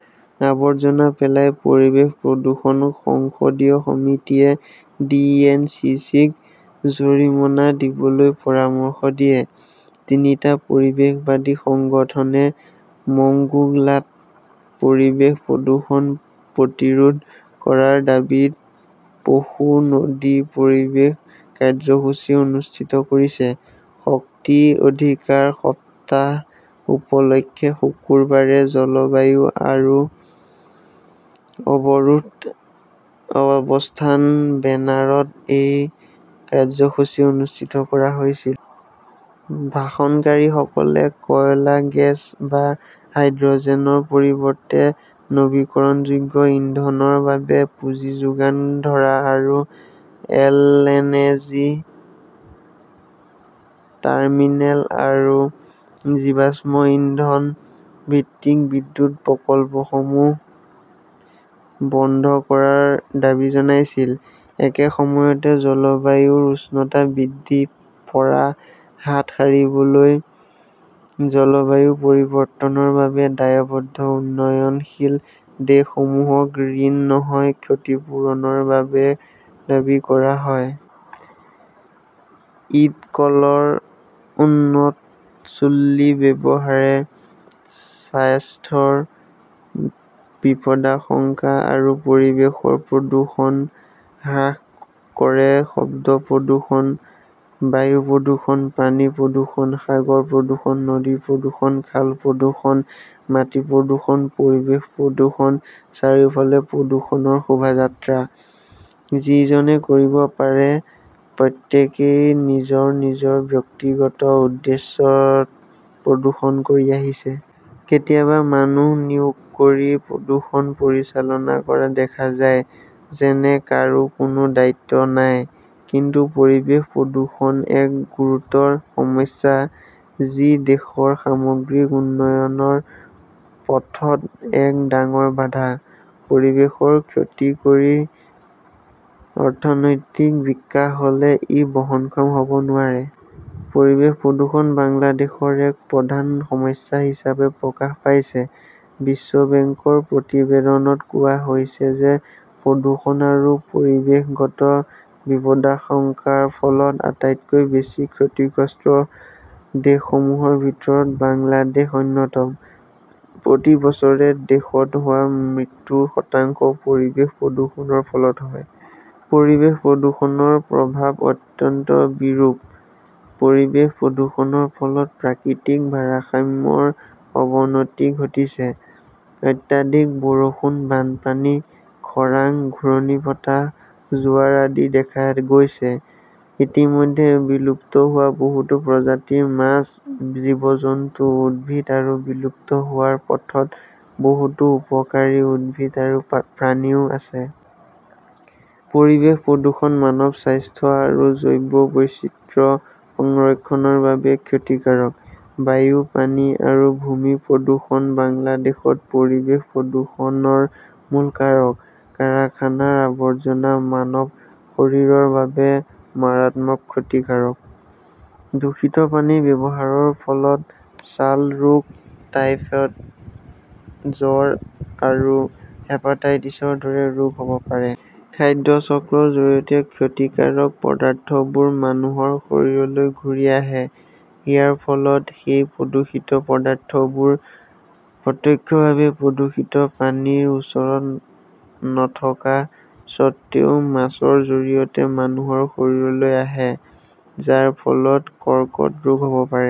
আৱৰ্জনা পেলাই পৰিৱেশ প্ৰদূষণঃ সংসদীয় সমিতিয়ে ডি. এন. চি. চি. -ক জৰিমনা দিবলৈ পৰামৰ্শ দিয়ে, তিনিটা পৰিৱেশবাদী সংগঠনে মংগোলাত পৰিৱেশ প্ৰদূষণ প্ৰতিৰোধ কৰাৰ দাবীত পশু নদীত প্ৰৱেশ কাৰ্যসূচী অনুষ্ঠিত কৰিছে। শক্তি অধিকাৰ সপ্তাহ উপলক্ষে শুকুৰবাৰে জলবায়ু অৱৰোধ আৰু অৱস্থান বেনাৰত এই কাৰ্যসূচী অনুষ্ঠিত কৰা হৈছিল। ভাষণকাৰীসকলে কয়লা, গেছ বা হাইড্ৰ'জেনৰ পৰিৱৰ্তে নৱীকৰণযোগ্য ইন্ধনৰ বাবে পুঁজি যোগান ধৰা আৰু এলএনজি টাৰ্মিনেল আৰু জীৱাশ্ম ইন্ধন ভিত্তিক বিদ্যুৎ প্ৰকল্পসমূহ বন্ধ কৰাৰ দাবী জনাইছিল। একে সময়তে জলবায়ুৰ উষ্ণতা বৃদ্ধিৰ পৰা হাত সাৰিবলৈ জলবায়ু পৰিৱৰ্তনৰ বাবে দায়বদ্ধ উন্নয়নশীল দেশসমূহক ঋণ নহয়, ক্ষতিপূৰণৰ দাবী কৰা হয়। ইডকলৰ 'উন্নত চুল্লী' ব্যৱহাৰে স্বাস্থ্যৰ বিপদাশংকা আৰু পৰিৱেশৰ প্ৰদূষণ হ্ৰাস কৰে শব্দ প্ৰদূষণ, বায়ু প্ৰদূষণ, পানী প্ৰদূষণ, সাগৰ প্ৰদূষণ, নদী প্ৰদূষণ, খাল প্ৰদূষণ, মাটি প্ৰদূষণ, পৰিৱেশ প্ৰদূষণ, চাৰিওফালে প্ৰদূষণৰ শোভাযাত্ৰা। যিজনে কৰিব পাৰে, প্ৰত্যেকেই নিজৰ ব্যক্তিগত উদ্দেশ্যত প্ৰদূষণ কৰি আছে। কেতিয়াবা মানুহ নিয়োগ কৰি প্ৰদূষণ পৰিচালনা কৰা দেখা যায়। যেন কাৰো কোনো দায়িত্ব নাই। কিন্তু পৰিৱেশ প্ৰদূষণ এক গুৰুতৰ সমস্যা, যি দেশৰ সামগ্ৰিক উন্নয়নৰ পথত এক ডাঙৰ বাধা। পৰিৱেশৰ ক্ষতি কৰি অৰ্থনৈতিক বিকাশ হ'লে ই বহনক্ষম হ'ব নোৱাৰে। পৰিৱেশ প্ৰদূষণ বাংলাদেশৰ এক প্ৰধান সমস্যা হিচাপে প্ৰকাশ পাইছে। বিশ্ব বেংকৰ প্ৰতিবেদনত কোৱা হৈছে যে প্ৰদূষণ আৰু পৰিৱেশগত বিপদাশংকাৰ ফলত আটাইতকৈ বেছি ক্ষতিগ্ৰস্ত দেশসমূহৰ ভিতৰত বাংলাদেশ অন্যতম। প্ৰতি বছৰে দেশত হোৱা মৃত্যুৰ শতাংশ পৰিৱেশ প্ৰদূষণৰ ফলত হয়। পৰিৱেশ প্ৰদূষণৰ প্ৰভাৱ অত্যন্ত বিৰূপ। পৰিৱেশ প্ৰদূষণৰ ফলত প্ৰাকৃতিক ভাৰসাম্যৰ অৱনতি ঘটিছে। অত্যাধিক বৰষুণ, বানপানী, খৰাং, ঘূৰ্ণীবতাহ, জোৱাৰ আদি দেখা গৈছে। ইতিমধ্যে বিলুপ্ত হোৱা বহুতো প্ৰজাতিৰ মাছ, জীৱ-জন্তু, উদ্ভিদ আৰু বিলুপ্ত হোৱাৰ পথত বহুতো উপকাৰী উদ্ভিদ আৰু প্ৰাণীও আছে। পৰিৱেশ প্ৰদূষণ মানৱ স্বাস্থ্য আৰু জৈৱ বৈচিত্ৰ্য সংৰক্ষণৰ বাবেও ক্ষতিকাৰক। বায়ু, পানী আৰু ভূমি প্ৰদূষণ বাংলাদেশত পৰিৱেশ প্ৰদূষণৰ মূল কাৰক। কাৰখানাৰ আৱৰ্জনা মানৱ শৰীৰৰ বাবে মাৰাত্মক ক্ষতিকাৰক। দূষিত পানীৰ ব্যৱহাৰৰ ফলত ছালৰ ৰোগ, টাইফয়েড, জ্বৰ আৰু হেপাটাইটিছৰ দৰে ৰোগ হ'ব পাৰে। খাদ্য চক্ৰৰ জৰিয়তে ক্ষতিকাৰক পদাৰ্থবোৰ মানুহৰ শৰীৰলৈ ঘূৰি আহে। ইয়াৰ ফলত সেই প্ৰদূষিত পদাৰ্থবোৰ প্ৰত্যক্ষভাৱে প্ৰদূষিত পানীৰ ওচৰত নথকা স্বত্বেও মাছৰ জৰিয়তে মানুহৰ শৰীৰলৈ আহে, যাৰ ফলত কৰ্কট ৰোগ হ'ব পাৰে।